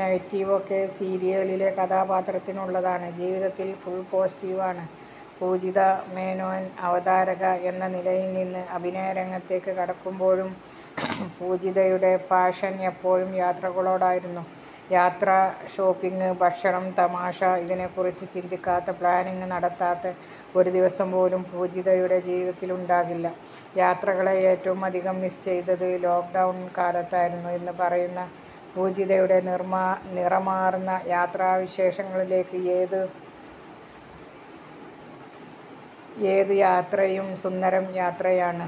നെഗറ്റീവൊക്കെ സീരിയലിലെ കഥാപാത്രത്തിനുള്ളതാണ്. ജീവിതത്തിൽ ഫുൾ പോസിറ്റീവാണ് പൂജിത മേനോൻ. അവതാരക എന്ന നിലയിൽനിന്ന് അഭിനയരംഗത്തേക്കു കടക്കുമ്പോഴും പൂജിതയുടെ പാഷൻ എപ്പോഴും യാത്രകളോടായിരുന്നു. യാത്ര, ഷോപ്പിങ്, ഭക്ഷണം, തമാശ ഇതിനെക്കുറിച്ച് ചിന്തിക്കാത്ത, പ്ലാനിങ് നടത്താത്ത ഒരു ദിവസം പോലും പൂജിതയുടെ ജീവിതത്തിലുണ്ടാകില്ല. യാത്രകളെ ഏറ്റവുമധികം മിസ്സ് ചെയ്തത് ലോക്ഡൗൺ കാലത്തായിരുന്നു എന്നുപറയുന്ന പൂജിതയുടെ, നിർമാനിറമാർന്ന യാത്രാവിശേഷങ്ങളിലേക്ക് ഏതു യാത്രയും സുന്ദരം യാത്രയാണ്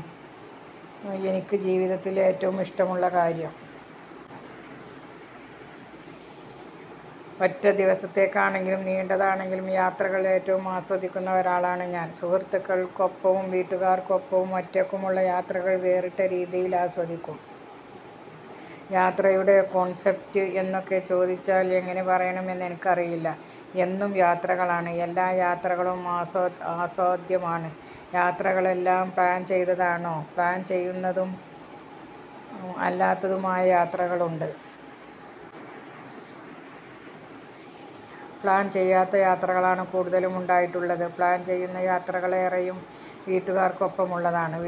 എനിക്ക് ജീവിതത്തിൽ ഏറ്റവും ഇഷ്ടമുള്ള കാര്യം. ഒറ്റ ദിവസത്തേക്കാണെങ്കിലും നീണ്ടതാണെങ്കിലും യാത്രകൾ ഏറ്റവും ആസ്വദിക്കുന്ന ഒരാളാണ് ഞാൻ. സുഹൃത്തുക്കൾക്കൊപ്പവും വീട്ടുകാർക്കൊപ്പവും ഒറ്റയ്ക്കുമുള്ള യാത്രകൾ വേറിട്ട രീതിയിൽ ആസ്വദിക്കും. യാത്രയുടെ കോൺസപ്റ്റ് എന്നൊക്കെ ചോദിച്ചാൽ എങ്ങനെ പറയണമെന്ന് എനിക്ക് അറിയില്ല. എന്നും യാത്രകളാണ്, എല്ലാ യാത്രകളും ആസോദആസ്വാദ്യമാണ്. യാത്രകളെല്ലാം പ്ലാൻ ചെയ്താണോ? പ്ലാൻ ചെയ്യുന്നതും അല്ലാത്തതുമായ യാത്രകളുണ്ട്. പ്ലാൻ ചെയ്യാത്ത യാത്രകളാണ് കൂടുതലും ഉണ്ടായിട്ടുള്ളത്. പ്ലാൻ ചെയ്യുന്ന യാത്രകളേറെയും വീട്ടുകാർക്കൊപ്പമുള്ളതാണ്.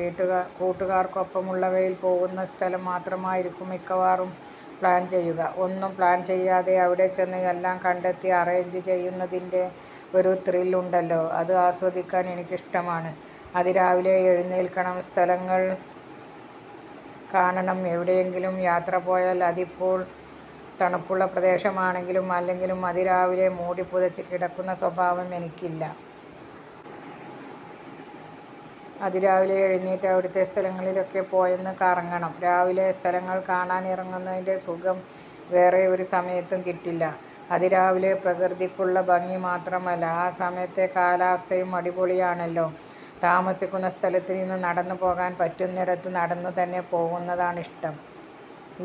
കൂട്ടുകാർക്കൊപ്പമുള്ളവയിൽ പോകുന്ന സ്ഥലം മാത്രമായിരിക്കും മിക്കവാറും പ്ലാൻ ചെയ്യുക. ഒന്നും പ്ലാൻ ചെയ്യാതെ അവിടെച്ചെന്ന് എല്ലാം കണ്ടെത്തി അറേഞ്ച് ചെയ്യുന്നതിന്റെ ഒരു ത്രിൽ ഉണ്ടല്ലോ അത് ആസ്വദിക്കാൻ എനിക്കിഷ്ടമാണ്. അതിരാവിലെ എഴുന്നേൽക്കണം, സ്ഥലങ്ങൾ കാണണം എവിടെയെങ്കിലും യാത്ര പോയാൽ, അതിപ്പോൾ തണുപ്പുള്ള പ്രദേശമാണെങ്കിലും അല്ലെങ്കിലും അതിരാവിലെ മൂടിപ്പുതച്ച് കിടക്കുന്ന സ്വഭാവം എനിക്കില്ല. അതിരാവിലെ എഴുന്നേറ്റ് അവിടുത്തെ സ്ഥലങ്ങളിലൊക്കെ പോയൊന്ന് കറങ്ങണം. രാവിലെ സ്ഥലങ്ങൾ കാണാനിറങ്ങുന്നതിന്റെ സുഖം വേറേ ഒരു സമയത്തും കിട്ടില്ല. അതിരാവിലെ പ്രകൃതിക്കുള്ള ഭംഗി മാത്രമല്ല, ആ സമയത്തെ കാലാവസ്ഥയും അടിപൊളിയാണല്ലോ. താമസിക്കുന്ന സ്ഥലത്തുനിന്ന് നടന്നു പോകാൻ പറ്റുന്നിടത്ത് നടന്നു തന്നെ പോകുന്നതാണ് ഇഷ്ടം.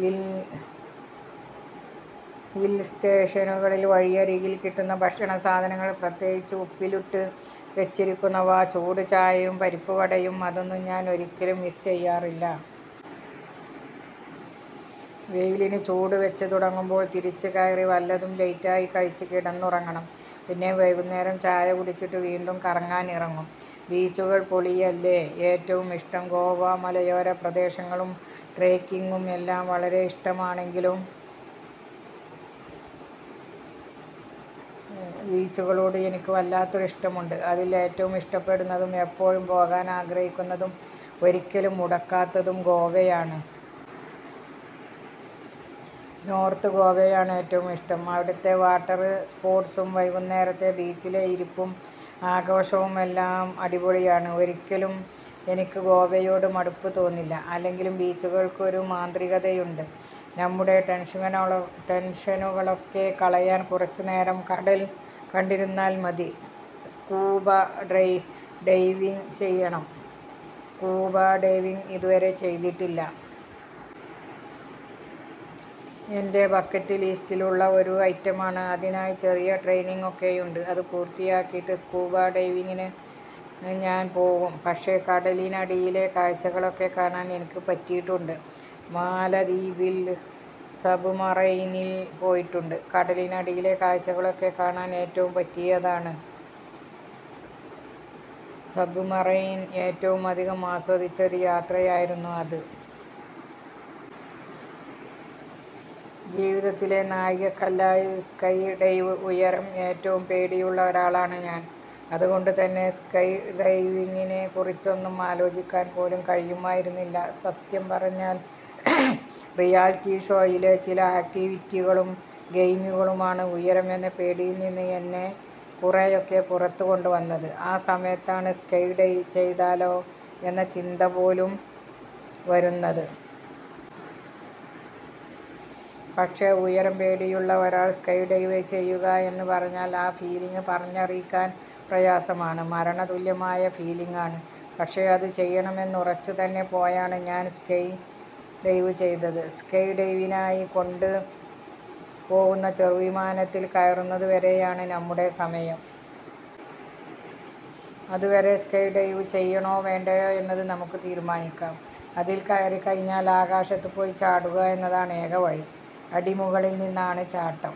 ഇൽഹിൽ സ്റ്റേഷനുകളിൽ വഴിയരികിൽ കിട്ടുന്ന ഭക്ഷണസാധനങ്ങൾ, പ്രത്യേകിച്ച് ഉപ്പിലിട്ടു വച്ചിരിക്കുന്നവ, ചൂട് ചായയും പരിപ്പുവടയും അതൊന്നും ഞാൻ ഒരിക്കലും മിസ് ചെയ്യാറില്ല. വെയിലിന് ചൂട് വച്ചു തുടങ്ങുമ്പോൾ തിരിച്ചു കയറി വല്ലതും ലൈറ്റായി കഴിച്ച് കിടന്നുറങ്ങണം. പിന്നെ വൈകുന്നേരം ചായ കുടിച്ചിട്ട് വീണ്ടും കറങ്ങാൻ ഇറങ്ങും. ബീച്ചുകൾ പൊളിയല്ലേ! ഏറ്റവും ഇഷ്ടം ഗോവ മലയോര പ്രദേശങ്ങളും ട്രെക്കിങ്ങും എല്ലാം വളരെയിഷ്ടമാണെങ്കിലും ബീച്ചുകളോട് എനിക്ക് വല്ലാത്തൊരു ഇഷ്ടമുണ്ട്. അതിൽ ഏറ്റവും ഇഷ്ടപ്പെടുന്നതും എപ്പോഴും പോകാൻ ആഗ്രഹിക്കുന്നതും ഒരിക്കലും മുടക്കാത്തതും ഗോവയാണ്. നോർത്ത് ഗോവയാണ് ഏറ്റവും ഇഷ്ടം. അവിടുത്തെ വാട്ടർ സ്പോട്സും വൈകുന്നേരത്തെ ബീച്ചിലെ ഇരിപ്പും ആഘോഷവുമെല്ലാം അടിപൊളിയാണ്. ഒരിക്കലും എനിക്ക് ഗോവയോടു മടുപ്പ് തോന്നില്ല. അല്ലെങ്കിലും ബീച്ചുകൾക്ക് ഒരു മാന്ത്രികതയുണ്ട്. നമ്മുടെ ടെൻഷനുകളൊക്കെ കളയാൻ കുറച്ചു നേരം കടൽ കണ്ടിരുന്നാൽ മതി. സ്കൂബ ഡൈവിങ് ചെയ്യണം സ്കൂബ ഡൈവിങ് ഇതുവരെ ചെയ്തിട്ടില്ല. എന്റെ ബക്കറ്റ് ലിസ്റ്റിലുള്ള ഒരു ഐറ്റമാണ്. അതിനായി ചെറിയ ട്രെയ്നിങ് ഒക്കെയുണ്ട്. അതു പൂർത്തിയാക്കിയിട്ട് സ്കൂബ ഡൈവിങ്ങിനു ഞാൻ പോകും. പക്ഷേ കടലിനടിയിലെ കാഴ്ചകളൊക്കെ കാണാൻ എനിക്ക് പറ്റിയിട്ടുണ്ട്. മാലദ്വീപിൽ സബ്മറൈനിൽ പോയിട്ടുണ്ട്. കടലിനടിയിലെ കാഴ്ചകളൊക്കെ കാണാൻ ഏറ്റവും പറ്റിയതാണ് സബ്മറൈൻ. ഏറ്റവുമധികം ആസ്വദിച്ച ഒരു യാത്രയായിരുന്നു അത്. ജീവിതത്തിലെ നാഴികക്കല്ലായി സ്കൈ ഡൈവ് ഉയരം ഏറ്റവും പേടിയുള്ള ഒരാളാണ് ഞാൻ അതുകൊണ്ടുതന്നെ സ്കൈ ഡൈവിങ്ങിനെക്കുറിച്ചൊന്നും ആലോചിക്കാൻ പോലും കഴിയുമായിരുന്നില്ല. സത്യം പറഞ്ഞാൽ റിയാലിറ്റി ഷോയിലെ ചില ആക്ടിവിറ്റികളും ഗെയിമുകളുമാണ് ഉയരം എന്ന പേടിയിൽനിന്ന് എന്നെ കുറേയൊക്കെ പുറത്തു കൊണ്ടുവന്നത്. ആ സമയത്താണ് സ്കൈ ഡൈ ചെയ്താലോ എന്ന ചിന്ത പോലും വരുന്നത്. പക്ഷേ ഉയരം പേടിയുള്ള ഒരാൾ സ്കൈ ഡൈവ് ചെയ്യുക എന്ന പറഞ്ഞാൽ ആ ഫീലിങ് പറഞ്ഞറിയിക്കാൻ പ്രയാസമാണ്. മരണതുല്യമായ ഫീലീങ് ആണ്. പക്ഷേ അത് ചെയ്യണമെന്നുറച്ചു തന്നെ പോയാണ് ഞാൻ സ്കൈ ഡൈവ് ചെയ്തത്. സ്കൈ ഡൈവിനായി കൊണ്ടു പോകുന്ന ചെറുവിമാനത്തിൽ കയറുന്നതു വരെയാണ് നമ്മുടെ സമയം. അതുവരെ സ്കൈ ഡൈവ് ചെയ്യണോ വേണ്ടയോ എന്നത് നമുക്കു തീരുമാനിക്കാം. അതിൽ കയറിക്കഴിഞ്ഞാൽ ആകാശത്തു പോയി ചാടുക എന്നതാണ് ഏക വഴി. അടി മുകളിൽ നിന്നാണ് ചാട്ടം.